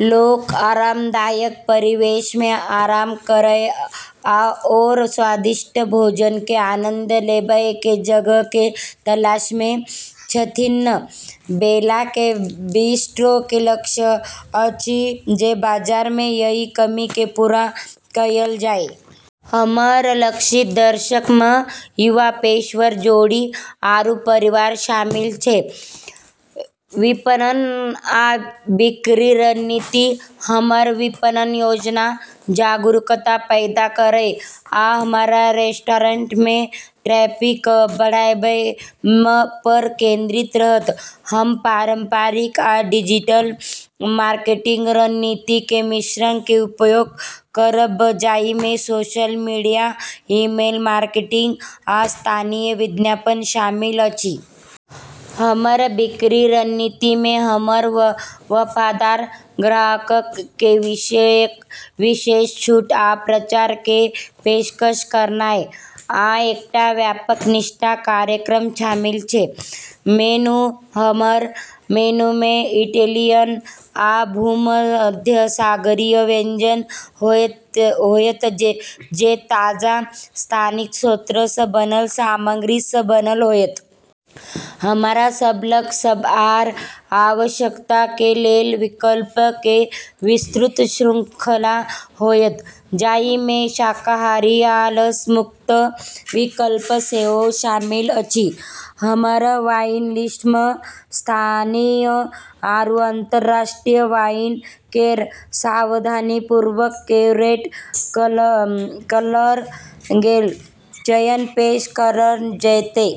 लोक आरामदायक परिवेश मे आराम करय आओर स्वादिष्ट भोजन के आनंद लेबय के जगह के तलाश मे छथिन्ह. बेला के बिस्ट्रो के लक्ष्य अछि जे बाजार मे एहि कमी के पूरा कएल जाए. हमरऽ लक्षित दर्शकऽ म॑ युवा पेशेवर, जोड़ी, आरू परिवार शामिल छै। विपणन आ बिक्री रणनीति: हमर विपणन योजना जागरूकता पैदा करय आ हमर रेस्टोरेंट मे ट्रैफिक बढ़ाबय पर केंद्रित रहत. हम पारंपरिक आ डिजिटल मार्केटिंग रणनीति के मिश्रण के उपयोग करब, जाहि में सोशल मीडिया, ईमेल मार्केटिंग, आ स्थानीय विज्ञापन शामिल अछि. हमर बिक्री रणनीति मे हमर वफादार ग्राहकक कें विशेष छूट आ प्रचार कें पेशकश करनाय, आ एकटा व्यापक निष्ठा कार्यक्रम शामिल छै. मेनू: हमर मेनू में इटैलियन आ भूमध्यसागरीय व्यंजन होयत जे ताजा, स्थानीय स्रोत सं बनल सामग्री सं बनल होयत. हमरा सब लग सब आहार आवश्यकता के लेल विकल्प के विस्तृत श्रृंखला होयत, जाहि में शाकाहारी आ लस मुक्त विकल्प सेहो शामिल अछि। हमरऽ वाइन लिस्ट म॑ स्थानीय आरू अंतर्राष्ट्रीय वाइन केरऽ सावधानीपूर्वक क्यूरेट करलऽ गेलऽ चयन पेश करलऽ जैतै।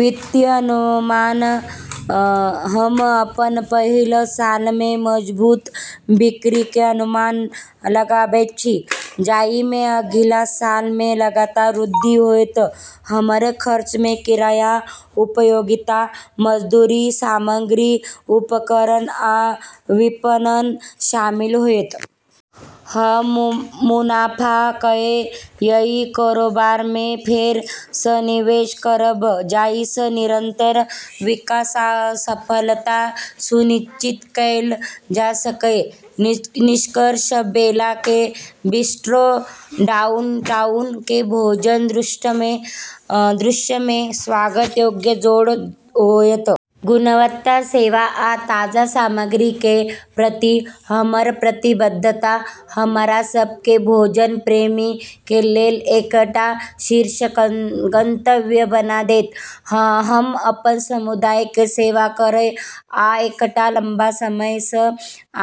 वित्तीय अनुमान: हम अपन पहिल साल मे मजबूत बिक्री के अनुमान लगाबैत छी, जाहि मे अगिला साल मे लगातार वृद्धि होयत। हमर खर्च मे किराया, उपयोगिता, मजदूरी, सामग्री, उपकरण, आ विपणन शामिल होयत. हम मुनाफा कए एहि कारोबार मे फेर स निवेश करब जाहि स निरंतर विकास आ सफलता सुनिश्चित कैल जा सकए। निष्कर्ष: बेला के बिस्ट्रो डाउनटाउन के भोजन दृश्य में स्वागत योग्य जोड़ होयत. गुणवत्ता, सेवा, आ ताजा सामग्री के प्रति हमर प्रतिबद्धता हमरा सब के भोजन प्रेमी के लेल एकटा शीर्ष गंतव्य बना देत। हम अपन समुदाय के सेवा करय आ एकटा लंबा समय स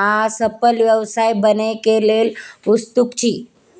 आ सफल व्यवसाय बनय के लेल उत्सुक छी।